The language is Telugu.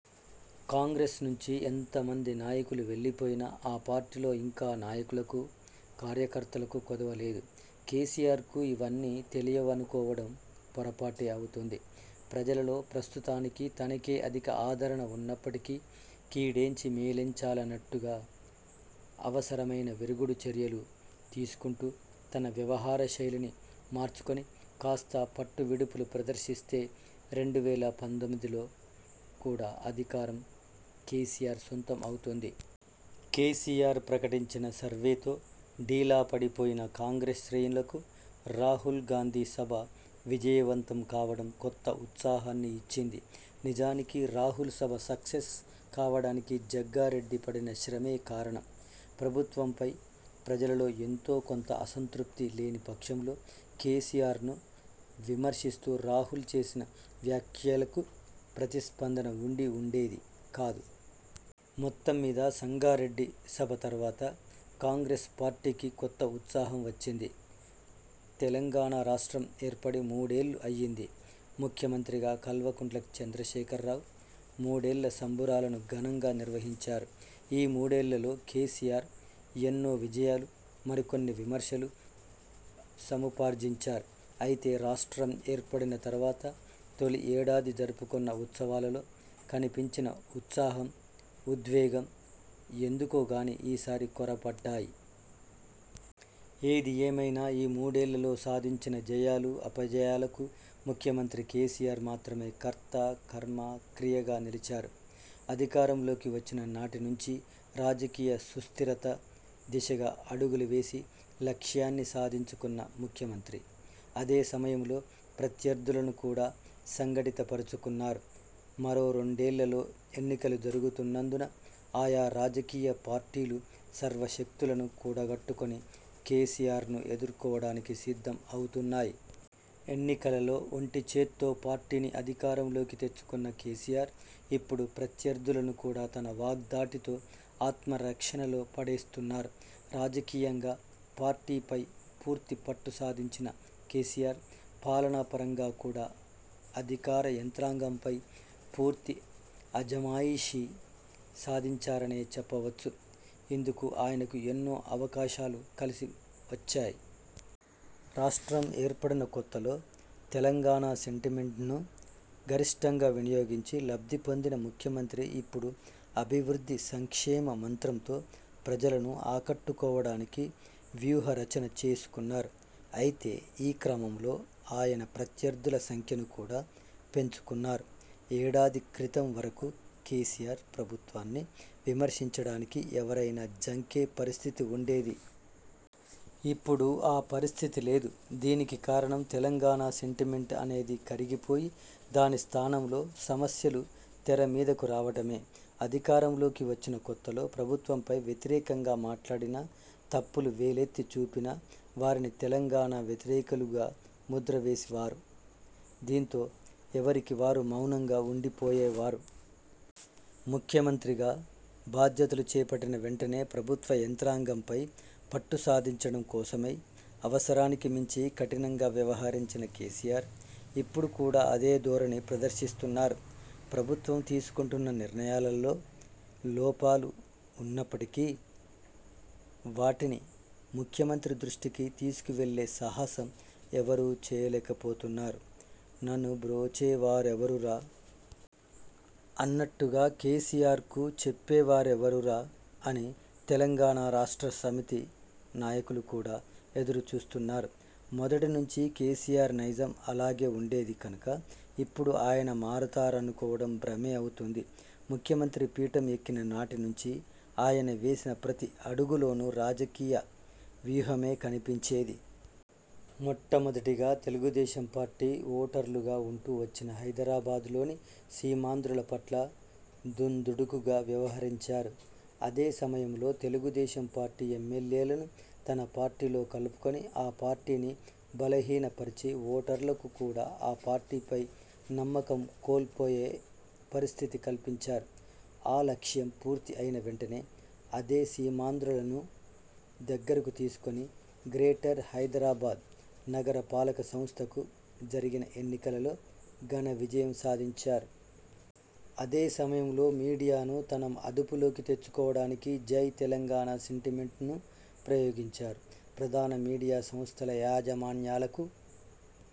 కాంగ్రెస్ నుంచి ఎంత మంది నాయకులు వెళ్లిపోయినా ఆ పార్టీలో ఇంకా నాయకులకు, కార్యకర్తలకు కొదవ లేదు. కేసీఆర్కు ఇవన్నీ తెలియవనుకోవడం పొరపాటే అవుతుంది. ప్రజలలో ప్రస్తుతానికి తనకే అధిక ఆదరణ ఉన్నప్పటికీ, కీడెంచి మేలెంచాలన్నట్టుగా అవసరమైన విరుగుడు చర్యలు తీసుకుంటూ తన వ్యవహార శైలిని మార్చుకుని, కాస్త పట్టువిడుపులు ప్రదర్శిస్తే రెండు వేల పంతొమ్మిదిలో కూడా అధికారం కేసీఆర్ సొంతం అవుతుంది! కేసీఆర్ ప్రకటించిన సర్వేతో డీలా పడిపోయిన కాంగ్రెస్ శ్రేణులకు రాహుల్ గాంధీ సభ విజయవంతం కావడం కొత్త ఉత్సాహాన్ని ఇచ్చింది. నిజానికి రాహుల్ సభ సక్సెస్ కావడానికి జగ్గారెడ్డి పడిన శ్రమే కారణం! ప్రభుత్వంపై ప్రజలలో ఎంతో కొంత అసంతృప్తి లేని పక్షంలో కేసీఆర్ను విమర్శిస్తూ రాహుల్ చేసిన వ్యాఖ్యలకు ప్రతిస్పందన ఉండి ఉండేది కాదు. మొత్తంమీద సంగారెడ్డి సభ తర్వాత కాంగ్రెస్ పార్టీకి కొత్త ఉత్సాహం వచ్చింది. తెలంగాణ రాష్ట్రం ఏర్పడి మూడేళ్లు అయ్యింది. ముఖ్యమంత్రిగా కల్వకుంట్ల చంద్రశేఖరరావు మూడేళ్ల సంబురాలను ఘనంగా నిర్వహించారు. ఈ మూడేళ్లలో కేసీఆర్ ఎన్నో విజయాలు, మరికొన్ని విమర్శలు సముపార్జించారు. అయితే రాష్ట్రం ఏర్పడిన తర్వాత తొలి ఏడాది జరుపుకొన్న ఉత్సవాలలో కనిపించిన ఉత్సాహం, ఉద్వేగం ఎందుకో గానీ ఈసారి కొరవడ్డాయి. ఏది ఏమైనా ఈ మూడేళ్లలో సాధించిన జయాలు, అపజయాలకు ముఖ్యమంత్రి కేసీఆర్ మాత్రమే కర్త, కర్మ, క్రియగా నిలిచారు. అధికారంలోకి వచ్చిన నాటి నుంచీ రాజకీయ సుస్థిరత దిశగా అడుగులు వేసి లక్ష్యాన్ని సాధించుకున్న ముఖ్యమంత్రి.. అదే సమయంలో ప్రత్యర్థులను కూడా సంఘటితపరుచుకున్నారు. మరో రెండేళ్లలో ఎన్నికలు జరుగుతున్నందున ఆయా రాజకీయ పార్టీలు సర్వశక్తులనూ కూడగట్టుకుని కేసీఆర్ను ఎదుర్కోవడానికి సిద్ధం అవుతున్నాయి. ఎన్నికలలో ఒంటి చేత్తో పార్టీని అధికారంలోకి తెచ్చుకున్న కేసీఆర్ ఇప్పుడు ప్రత్యర్థులను కూడా తన వాగ్దాటితో ఆత్మరక్షణలో పడేస్తున్నారు. రాజకీయంగా పార్టీపై పూర్తి పట్టు సాధించిన కేసీఆర్, పాలనాపరంగా కూడా అధికార యంత్రాంగంపై పూర్తి అజమాయిషీ సాధించారనే చెప్పవచ్చు. ఇందుకు ఆయనకు ఎన్నో అవకాశాలు కలిసి వచ్చాయి. రాష్ట్రం ఏర్పడిన కొత్తలో తెలంగాణ సెంటిమెంట్ను గరిష్ఠంగా వినియోగించి లబ్ధిపొందిన ముఖ్యమంత్రి ఇప్పుడు అభివృద్ధి- సంక్షేమ మంత్రంతో ప్రజలను ఆకట్టుకోవడానికి వ్యూహరచన చేసుకున్నారు. అయితే ఈ క్రమంలో ఆయన ప్రత్యర్థుల సంఖ్యను కూడా పెంచుకున్నారు. ఏడాది క్రితం వరకు కేసీఆర్ ప్రభుత్వాన్ని విమర్శించడానికి ఎవరైనా జంకే పరిస్థితి ఉండేది. ఇప్పుడు ఆ పరిస్థితి లేదు. దీనికి కారణం తెలంగాణ సెంటిమెంట్ అనేది కరిగిపోయి దాని స్థానంలో సమస్యలు తెర మీదకు రావడమే! అధికారంలోకి వచ్చిన కొత్తలో ప్రభుత్వంపై వ్యతిరేకంగా మాట్లాడినా, తప్పులు వేలెత్తి చూపినా వారిని తెలంగాణ వ్యతిరేకులుగా ముద్ర వేసేవారు. దీంతో ఎవరికివారు మౌనంగా ఉండిపోయేవారు. ముఖ్యమంత్రిగా బాధ్యతలు చేపట్టిన వెంటనే ప్రభుత్వ యంత్రాంగంపై పట్టు సాధించడం కోసమై అవసరానికి మించి కఠినంగా వ్యవహరించిన కేసీఆర్, ఇప్పుడు కూడా అదే ధోరణి ప్రదర్శిస్తున్నారు. ప్రభుత్వం తీసుకుంటున్న నిర్ణయాలలో లోపాలు ఉన్నప్పటికీ వాటిని ముఖ్యమంత్రి దృష్టికి తీసుకువెళ్లే సాహసం ఎవరూ చేయలేకపోతున్నారు. నను బ్రోచేవారెవరురా! అన్నట్టుగా 'కేసీఆర్కు చెప్పేవారెవరురా' అని తెలంగాణ రాష్ట్ర సమితి నాయకులు కూడా ఎదురుచూస్తున్నారు. మొదటి నుంచీ కేసీఆర్ నైజం అలాగే ఉండేది కనుక ఇప్పుడు ఆయన మారతారనుకోవడం భ్రమే అవుతుంది. ముఖ్యమంత్రి పీఠం ఎక్కిన నాటి నుంచి ఆయన వేసిన ప్రతి అడుగులోనూ రాజకీయ వ్యూహమే కనిపించేది. మొట్టమొదటిగా తెలుగుదేశం పార్టీ ఓటర్లుగా ఉంటూ వచ్చిన హైదరాబాద్లోని సీమాంధ్రుల పట్ల దుందుడుకుగా వ్యవహరించారు. అదే సమయంలో తెలుగుదేశం పార్టీ ఎమ్మెల్యేలను తన పార్టీలో కలుపుకొని ఆ పార్టీని బలహీనపరచి, ఓటర్లకు కూడా ఆ పార్టీపై నమ్మకం కోల్పోయే పరిస్థితి కల్పించారు. ఆ లక్ష్యం పూర్తి అయిన వెంటనే అదే సీమాంధ్రులను దగ్గరకు తీసుకొని గ్రేటర్ హైదరాబాద్ నగర పాలక సంస్థకు జరిగిన ఎన్నికలలో ఘన విజయం సాధించారు. అదే సమయంలో మీడియాను తన అదుపులోకి తెచ్చుకోవడానికై జైతెలంగాణ సెంటిమెంట్ను ప్రయోగించారు. ప్రధాన మీడియా సంస్థల యాజమాన్యాలకు